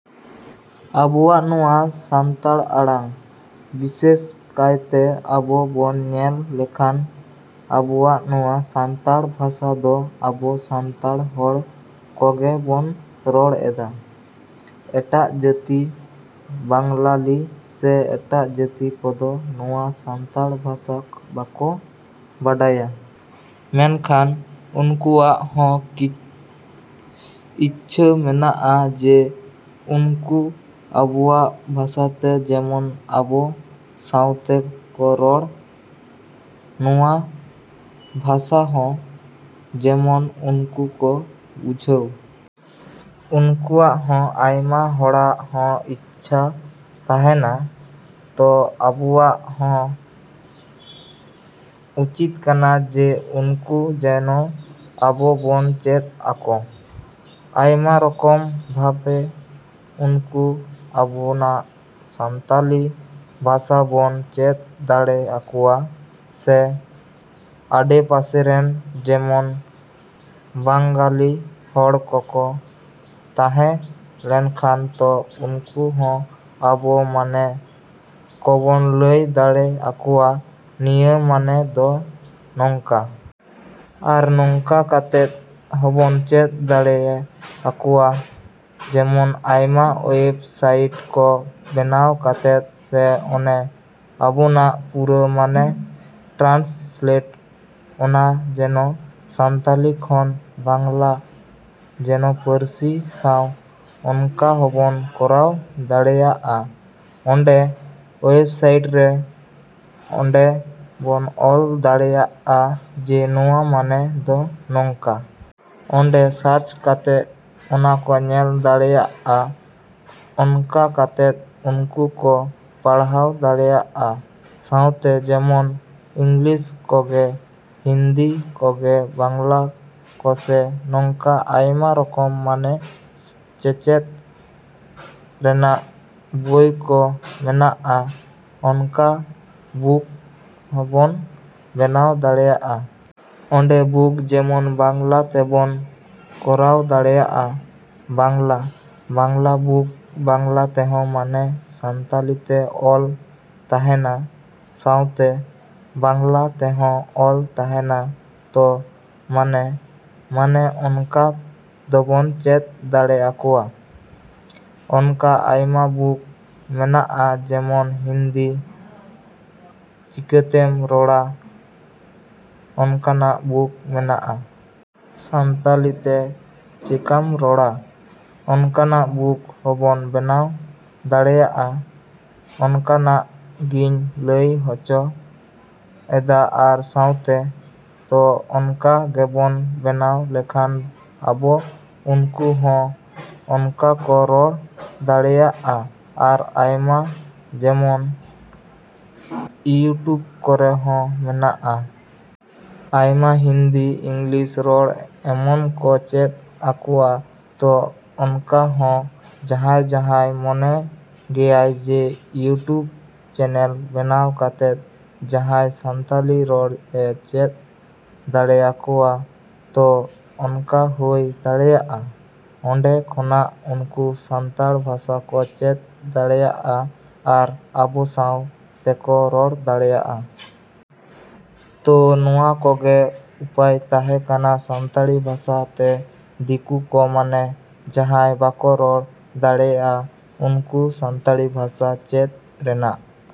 ᱟᱵᱚᱣᱟᱜ ᱱᱚᱶᱟ ᱥᱟᱱᱛᱟᱲ ᱟᱲᱟᱝ ᱵᱤᱥᱮᱥ ᱠᱟᱭᱛᱮ ᱟᱵᱚ ᱵᱚᱱ ᱧᱮᱞ ᱞᱮᱠᱷᱟᱱ ᱟᱵᱚᱣᱟᱜ ᱱᱚᱶᱟ ᱥᱟᱱᱛᱟᱲ ᱵᱷᱟᱥᱟ ᱫᱚ ᱟᱵᱚ ᱥᱟᱱᱛᱟᱲ ᱦᱚᱲ ᱠᱚᱜᱮ ᱵᱚᱱ ᱨᱚᱲ ᱮᱫᱟ᱾ ᱮᱴᱟᱜ ᱡᱟᱹᱛᱤ ᱵᱟᱝᱞᱟᱞᱤ ᱥᱮ ᱮᱴᱟᱜ ᱡᱟᱹᱛᱤ ᱠᱚᱫᱚ ᱱᱚᱶᱟ ᱥᱟᱱᱛᱟᱲ ᱵᱷᱟᱥᱟ ᱵᱟᱠᱚ ᱵᱟᱰᱟᱭᱟ, ᱢᱮᱱᱠᱷᱟᱱ ᱩᱱᱠᱩᱣᱟᱜ ᱦᱚᱸ ᱤᱪᱪᱷᱟ ᱢᱮᱱᱟᱜᱼᱟ ᱡᱮ ᱩᱱᱠᱩ ᱟᱵᱚᱣᱟᱜ ᱵᱷᱟᱥᱟᱛᱮ ᱡᱮᱢᱚᱱ ᱟᱵᱚ ᱥᱟᱶᱛᱮ ᱠᱚ ᱨᱚᱲ, ᱱᱚᱶᱟ ᱵᱷᱟᱥᱟᱦᱚᱸ ᱡᱮᱢᱚᱱ ᱩᱱᱠᱩ ᱠᱚ ᱵᱩᱡᱷᱟᱹᱣ᱾ ᱩᱱᱠᱩᱣᱟᱜ ᱦᱚᱸ ᱟᱭᱢᱟ ᱦᱚᱲᱟᱜ ᱦᱚᱸ ᱤᱪᱪᱷᱟ ᱛᱟᱦᱮᱱᱟ᱾ ᱛᱚ ᱟᱵᱚᱣᱟᱜ ᱦᱚᱸ ᱩᱪᱤᱛ ᱠᱟᱱᱟ ᱡᱮ ᱩᱱᱠᱩ ᱡᱮᱱᱚ ᱟᱵᱚ ᱵᱚᱱ ᱪᱮᱫ ᱟᱠᱚ᱾ ᱟᱭᱢᱟ ᱨᱚᱠᱚᱢ ᱵᱷᱟᱵᱮ ᱩᱱᱠᱩ ᱟᱵᱚᱱᱟᱜ ᱥᱟᱱᱛᱟᱞᱤ ᱵᱷᱟᱥᱟ ᱵᱚᱱ ᱪᱮᱫ ᱫᱟᱲᱮ ᱟᱠᱚᱣᱟ᱾ ᱥᱮ ᱟᱰᱮᱯᱟᱥᱮᱨᱮᱱ ᱡᱮᱢᱚᱱ ᱵᱟᱝᱜᱟᱞᱤ ᱦᱚᱲ ᱠᱚᱠᱚ ᱛᱟᱦᱮᱸ ᱞᱮᱱᱠᱷᱟᱱ ᱛᱚ ᱩᱱᱠᱩ ᱦᱚᱸ ᱟᱵᱚ ᱢᱟᱱᱮ ᱠᱚᱵᱚᱱ ᱞᱟᱹᱭ ᱫᱟᱲᱮ ᱟᱠᱚᱣᱟ ᱱᱤᱭᱟᱹ ᱢᱟᱱᱮ ᱫᱚ ᱱᱚᱝᱠᱟ᱾ ᱟᱨ ᱱᱚᱝᱠᱟ ᱠᱟᱛᱮᱫ ᱦᱚᱵᱚᱱ ᱪᱮᱫ ᱫᱟᱲᱮᱭ ᱟᱠᱚᱣᱟ ᱡᱮᱢᱚᱱ ᱟᱭᱢᱟ ᱳᱭᱮᱵᱽ ᱥᱟᱭᱤᱴ ᱠᱚ ᱵᱮᱱᱟᱣ ᱠᱟᱛᱮᱫ ᱥᱮ ᱚᱱᱮ ᱟᱵᱚᱱᱟᱜ ᱯᱩᱨᱟᱹ ᱢᱟᱱᱮ ᱴᱨᱟᱱᱥᱞᱮᱴ ᱚᱱᱟ ᱡᱮᱱᱚ ᱥᱟᱱᱛᱟᱞᱤ ᱠᱷᱚᱱ ᱵᱟᱝᱞᱟ ᱡᱮᱱᱚ ᱯᱟᱹᱨᱥᱤ ᱥᱟᱶ ᱚᱱᱠᱟ ᱦᱚᱵᱚᱱ ᱠᱚᱨᱟᱣ ᱫᱟᱲᱮᱭᱟᱜᱼᱟ᱾ ᱚᱸᱰᱮ ᱚᱭᱮᱵᱥᱟᱭᱤᱴ'ᱨᱮ ᱚᱸᱰᱮ ᱵᱚᱱ ᱚᱞ ᱫᱟᱲᱮᱭᱟᱜᱼᱟ ᱡᱮ ᱱᱚᱶᱟ ᱢᱟᱱᱮ ᱫᱚ ᱱᱚᱝᱠᱟ᱾ ᱚᱸᱰᱮ ᱥᱟᱨᱪ ᱠᱟᱛᱮᱫ ᱚᱱᱟ ᱠᱚ ᱧᱮᱞ ᱫᱟᱲᱮᱭᱟᱜᱼᱟ᱾ ᱚᱱᱠᱟ ᱠᱟᱛᱮᱫ ᱩᱱᱠᱩ ᱠᱚ ᱯᱟᱲᱦᱟᱣ ᱫᱟᱲᱮᱭᱟᱜᱼᱟ᱾ ᱥᱟᱶᱛᱮ ᱡᱮᱢᱚᱱ ᱤᱝᱞᱤᱥ ᱠᱚᱜᱮ, ᱦᱤᱱᱫᱤ ᱠᱚᱜᱮ, ᱵᱟᱝᱞᱟ ᱠᱚᱥᱮ ᱱᱚᱝᱠᱟ ᱟᱭᱢᱟ ᱨᱚᱠᱚᱢ ᱢᱟᱱᱮ ᱪᱮᱪᱮᱫ ᱨᱮᱱᱟᱜ ᱵᱳᱭ ᱠᱚ ᱢᱮᱱᱟᱜᱼᱟ᱾ ᱚᱱᱠᱟ ᱵᱩᱠ ᱦᱚᱸᱵᱚᱱ ᱵᱮᱱᱟᱣ ᱫᱟᱲᱮᱭᱟᱜᱼᱟ᱾ ᱚᱸᱰᱮ ᱵᱩᱠ ᱡᱮᱢᱚᱱ ᱵᱟᱝᱞᱟ ᱛᱮᱵᱚᱱ ᱠᱚᱨᱟᱣ ᱫᱟᱲᱮᱭᱟᱜᱼᱟ᱾ ᱵᱟᱝᱞᱟ ᱵᱟᱝᱞᱟ ᱵᱩᱠ ᱵᱟᱝᱞᱟ ᱛᱮᱦᱚᱸ ᱢᱟᱱᱮ ᱥᱟᱱᱛᱟᱞᱤᱛᱮ ᱚᱞ ᱛᱟᱦᱮᱱᱟ ᱥᱟᱶᱛᱮ ᱵᱟᱝᱞᱟ ᱛᱮᱦᱚᱸ ᱚᱞ ᱛᱟᱦᱮᱱᱟ ᱛᱚ ᱢᱟᱱᱮ ᱢᱟᱱᱮ ᱚᱱᱠᱟ ᱫᱚᱵᱚᱱ ᱪᱮᱫ ᱫᱟᱲᱮ ᱟᱠᱚᱣᱟ᱾ ᱚᱱᱠᱟ ᱟᱭᱢᱟ ᱵᱩᱠ ᱢᱮᱱᱟᱜᱼᱟ ᱡᱮᱢᱚᱱ 'ᱦᱤᱱᱫᱤ ᱪᱤᱠᱟᱛᱮᱢ ᱨᱚᱲᱟ' ᱚᱱᱠᱟᱱᱟᱜ ᱵᱩᱠ ᱢᱮᱱᱟᱜᱼᱟ᱾ 'ᱥᱟᱱᱛᱟᱞᱤᱛᱮ ᱪᱮᱠᱟᱢ ᱨᱚᱲᱟ' ᱚᱱᱠᱟᱱᱟᱜ ᱵᱩᱠ ᱦᱚᱵᱚᱱ ᱵᱮᱱᱟᱣ ᱫᱟᱲᱮᱭᱟᱜᱼᱟ᱾ ᱚᱱᱠᱟᱱᱟᱜ ᱜᱤᱧ ᱞᱟᱹᱭ ᱦᱚᱪᱚ ᱮᱫᱟ ᱟᱨ ᱥᱟᱶᱛᱮ᱾ ᱛᱚ ᱚᱱᱠᱟ ᱜᱮᱵᱚᱱ ᱵᱮᱱᱟᱣ ᱞᱮᱠᱷᱟᱱ ᱟᱵᱚ ᱩᱱᱠᱩ ᱦᱚᱸ ᱚᱱᱠᱟ ᱠᱚ ᱨᱚᱲ ᱫᱟᱲᱮᱭᱟᱜᱼᱟ᱾ ᱟᱨ ᱟᱭᱢᱟ ᱡᱮᱢᱚᱱ ᱤᱭᱩᱴᱩᱵᱽ ᱠᱚᱨᱮᱦᱚᱸ ᱢᱮᱱᱟᱜᱼᱟ᱾ ᱟᱭᱢᱟ ᱦᱤᱱᱫᱤ ᱤᱝᱞᱤᱥ ᱨᱚᱲ ᱮᱢᱚᱱ ᱠᱚ ᱪᱮᱫ ᱟᱠᱚᱣᱟ ᱛᱚ ᱚᱱᱠᱟᱦᱚᱸ ᱡᱟᱦᱟᱭ ᱡᱟᱦᱟᱭ ᱢᱚᱱᱮ ᱜᱮᱭᱟᱭ ᱡᱮ ᱤᱭᱩᱴᱩᱵᱽ ᱪᱮᱱᱮᱞ ᱵᱮᱱᱟᱣ ᱠᱟᱛᱮᱫ ᱡᱟᱦᱟᱭ ᱥᱟᱱᱛᱟᱞᱤ ᱨᱚᱲ ᱮ ᱪᱮᱫ ᱫᱟᱲᱮ ᱟᱠᱚᱣᱟ ᱛᱚ ᱚᱱᱠᱟ ᱦᱳᱭ ᱫᱟᱲᱮᱭᱟᱜᱼᱟ᱾ ᱚᱸᱰᱮ ᱠᱷᱚᱱᱟᱜ ᱩᱱᱠᱩ ᱥᱟᱱᱛᱟᱲ ᱵᱷᱟᱥᱟ ᱠᱚ ᱪᱮᱫ ᱫᱟᱲᱮᱭᱟᱜᱼᱟ ᱟᱨ ᱟᱵᱚ ᱥᱟᱶ ᱛᱮᱠᱚ ᱨᱚᱲ ᱫᱟᱲᱮᱭᱟᱜᱼᱟ᱾ ᱛᱚ ᱱᱚᱶᱟ ᱠᱚᱜᱮ ᱩᱯᱟᱭ ᱛᱟᱦᱮᱸ ᱠᱟᱱᱟ ᱥᱟᱱᱛᱟᱲᱤ ᱵᱷᱟᱥᱟᱛᱮ ᱫᱤᱠᱳ ᱠᱚ ᱢᱟᱱᱮ ᱡᱟᱦᱟᱸᱭ ᱵᱟᱠᱚ ᱨᱚᱲ ᱫᱟᱲᱮᱭᱼᱟ ᱩᱱᱠᱩ ᱥᱟᱱᱛᱟᱲᱤ ᱵᱷᱟᱥᱟ ᱪᱮᱫ ᱨᱮᱱᱟᱜ᱾